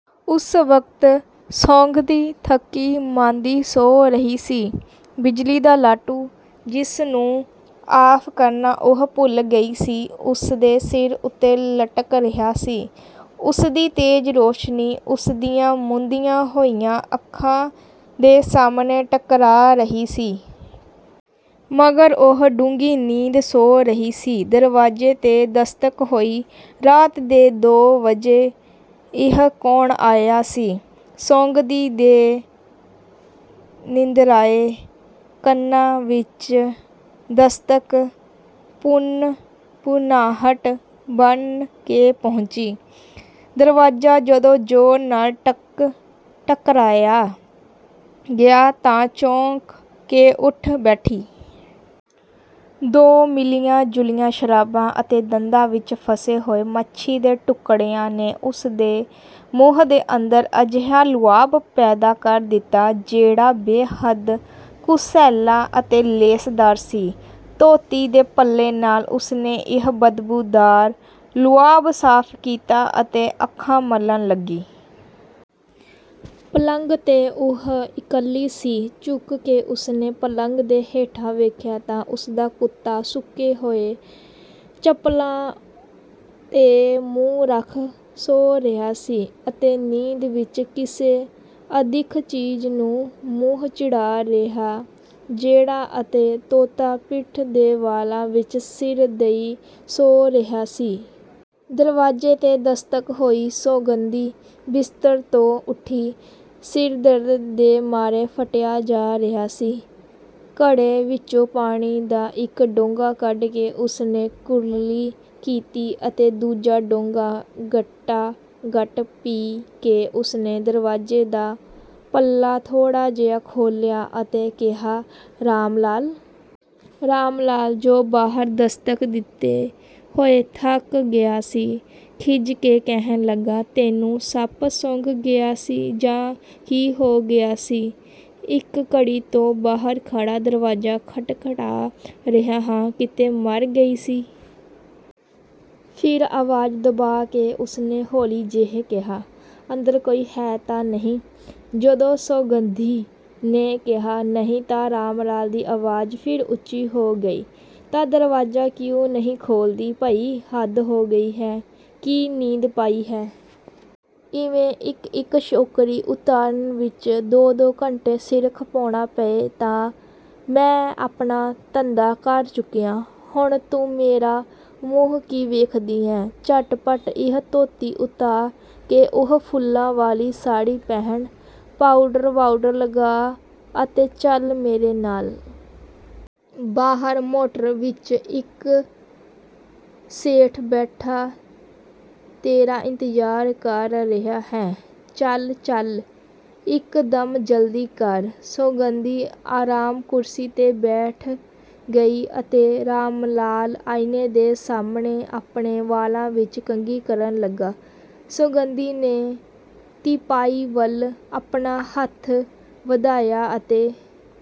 ਉਸ ਵਕਤ ਸੌਗੰਧੀ ਥੱਕੀ ਮਾਂਦੀ ਸੌਂ ਰਹੀ ਸੀ। ਬਿਜਲੀ ਦਾ ਲਾਟੂ, ਜਿਸ ਨੂੰ ਆਫ਼ ਕਰਨਾ ਉਹ ਭੁੱਲ ਗਈ ਸੀ, ਉਸਦੇ ਸਿਰ ਦੇ ਉੱਤੇ ਲਟਕ ਰਿਹਾ ਸੀ। ਉਸਦੀ ਤੇਜ਼ ਰੌਸ਼ਨੀ ਉਸਦੀਆਂ ਮੁੰਦੀਆਂ ਹੋਈਆਂ ਅੱਖਾਂ ਦੇ ਸਾਹਮਣੇ ਟਕਰਾ ਰਹੀ ਸੀ। ਮਗਰ ਉਹ ਡੂੰਘੀ ਨੀਂਦ ਸੌਂ ਰਹੀ ਸੀ। ਦਰਵਾਜ਼ੇ ਤੇ ਦਸਤਕ ਹੋਈ। ਰਾਤ ਦੇ ਦੋ ਵਜੇ ਇਹ ਕੌਣ ਆਇਆ ਸੀ? ਸੌਗੰਧੀ ਦੇ ਨਿੰਦਰਿਆਏ ਕੰਨਾਂ ਵਿੱਚ ਦਸਤਕ ਭੁਨਭੁਨਾਹਟ ਬਣ ਕੇ ਪਹੁੰਚੀ। ਦਰਵਾਜ਼ਾ ਜਦੋਂ ਜ਼ੋਰ ਨਾਲ ਠਕਠਕਾਇਆ ਗਿਆ ਤਾਂ ਚੌਂਕ ਕੇ ਉਠ ਬੈਠੀ। ਦੋ ਮਿਲੀਆਂ-ਜੁਲੀਆਂ ਸ਼ਰਾਬਾਂ ਅਤੇ ਦੰਦਾਂ ਵਿੱਚ ਫਸੇ ਹੋਏ ਮੱਛੀ ਦੇ ਟੁਕੜਿਆਂ ਨੇ ਉਸਦੇ ਮੂੰਹ ਦੇ ਅੰਦਰ ਅਜਿਹਾ ਲੁਆਬ ਪੈਦਾ ਕਰ ਦਿੱਤਾ ਜਿਹੜਾ ਬੇਹੱਦ ਕੁਸੈਲਾ ਅਤੇ ਲੇਸਦਾਰ ਸੀ। ਧੋਤੀ ਦੇ ਪੱਲੇ ਨਾਲ ਉਸਨੇ ਇਹ ਬਦਬੂਦਾਰ ਲੁਆਬ ਸਾਫ਼ ਕੀਤਾ ਅਤੇ ਅੱਖਾਂ ਮਲਣ ਲੱਗੀ। ਪਲੰਗ ਤੇ ਉਹ ਇਕੱਲੀ ਸੀ। ਝੁਕ ਕੇ ਉਸਨੇ ਪਲੰਗ ਦੇ ਹੇਠਾਂ ਵੇਖਿਆ ਤਾਂ ਉਸਦਾ ਕੁੱਤਾ ਸੁੱਕੇ ਹੋਏ ਚੱਪਲਾਂ ਤੇ ਮੂੰਹ ਰੱਖ ਸੌਂ ਰਿਹਾ ਸੀ ਅਤੇ ਨੀਂਦ ਵਿੱਚ ਕਿਸੇ ਅਦਿੱਖ ਚੀਜ਼ ਨੂੰ ਮੂੰਹ ਚਿੜਾ ਰਿਹਾ ਜਿਹੜਾ ਅਤੇ ਤੋਤਾ ਪਿੱਠ ਦੇ ਵਾਲਾਂ ਵਿੱਚ ਸਿਰ ਦਈਂ ਸੌਂ ਰਿਹਾ ਸੀ। ਦਰਵਾਜ਼ੇ ਤੇ ਦਸਤਕ ਹੋਈ। ਸੌਗੰਧੀ ਬਿਸਤਰ ਤੋਂ ਉੱਠੀ। ਸਿਰ ਦਰਦ ਦੇ ਮਾਰੇ ਫੱਟਿਆ ਜਾ ਰਿਹਾ ਸੀ। ਘੜੇ ਵਿੱਚੋਂ ਪਾਣੀ ਦਾ ਇੱਕ ਡੋਂਗਾ ਕੱਢ ਕੇ ਉਸਨੇ ਕੁਰਲੀ ਕੀਤੀ ਅਤੇ ਦੂਜਾ ਡੋਂਗਾ ਗਟਾ ਗਟ ਪੀ ਕੇ ਉਸਨੇ ਦਰਵਾਜ਼ੇ ਦਾ ਪੱਲਾ ਥੋੜ੍ਹਾ ਜਿਹਾ ਖੋਲ੍ਹਿਆ ਅਤੇ ਕਿਹਾ, "ਰਾਮਲਾਲ?" ਰਾਮ ਲਾਲ, ਜੋ ਬਾਹਰ ਦਸਤਕ ਦਿੰਦੇ ਹੋਏ ਥੱਕ ਗਿਆ ਸੀ, ਖਿਝ ਕੇ ਕਹਿਣ ਲੱਗਾ, "ਤੈਨੂੰ ਸੱਪ ਸੂੰਘ ਗਿਆ ਸੀ ਜਾਂ ਕੀ ਹੋ ਗਿਆ ਸੀ? ਇੱਕ ਘੜੀ ਤੋਂ ਬਾਹਰ ਖੜਾ ਦਰਵਾਜ਼ਾ ਖਟਖਟਾ ਰਿਹਾ ਹਾਂ, ਕਿੱਥੇ ਮਰ ਗਈ ਸੀ?" ਫਿਰ ਆਵਾਜ਼ ਦਬਾ ਕੇ ਉਸਨੇ ਹੌਲੀ ਜਿਹੇ ਕਿਹਾ, "ਅੰਦਰ ਕੋਈ ਹੈ ਤਾਂ ਨਹੀਂ?" ਜਦੋਂ ਸੌਗੰਧੀ ਨੇ ਕਿਹਾ, "ਨਹੀਂ," ਤਾਂ ਰਾਮਲਾਲ ਦੀ ਆਵਾਜ਼ ਫਿਰ ਉੱਚੀ ਹੋ ਗਈ, "ਤਾਂ ਦਰਵਾਜ਼ਾ ਕਿਉਂ ਨਹੀਂ ਖੋਲ੍ਹਦੀ? ਭਈ ਹੱਦ ਹੋ ਗਈ ਹੈ, ਕੀ ਨੀਂਦ ਪਾਈ ਹੈ। ਇਵੇਂ ਇੱਕ ਇੱਕ ਛੋਕਰੀ ਉਤਾਰਨ ਵਿੱਚ ਦੋ ਦੋ ਘੰਟੇ ਸਿਰ ਖਪਾਉਣਾ ਪਏ ਤਾਂ ਮੈਂ ਆਪਣਾ ਧੰਦਾ ਕਰ ਚੁੱਕਿਆ। ਹੁਣ ਤੂੰ ਮੇਰਾ ਮੂੰਹ ਕੀ ਵੇਖਦੀ ਹੈਂ। ਝਟਪਟ ਇਹ ਧੋਤੀ ਉਤਾਰ ਕੇ ਉਹ ਫੁੱਲਾਂ ਵਾਲੀ ਸਾੜ੍ਹੀ ਪਹਿਨ, ਪਾਉਡਰ-ਵਾਉਡਰ ਲਗਾ ਅਤੇ ਚੱਲ ਮੇਰੇ ਨਾਲ਼। ਬਾਹਰ ਮੋਟਰ ਵਿੱਚ ਇੱਕ ਸੇਠ ਬੈਠਾ ਤੇਰਾ ਇੰਤਜ਼ਾਰ ਕਰ ਰਿਹਾ ਹੈ। ਚੱਲ ਚੱਲ ਇੱਕ ਦਮ ਜਲਦੀ ਕਰ।" ਸੌਗੰਧੀ ਆਰਾਮ ਕੁਰਸੀ ਤੇ ਬੈਠ ਗਈ ਅਤੇ ਰਾਮਲਾਲ ਆਈਨੇ ਦੇ ਸਾਹਮਣੇ ਆਪਣੇ ਵਾਲਾਂ ਵਿੱਚ ਕੰਘੀ ਕਰਨ ਲੱਗਾ। ਸੌਗੰਧੀ ਨੇ ਤਿਪਾਈ ਵੱਲ ਆਪਣਾ ਹੱਥ ਵਧਾਇਆ ਅਤੇ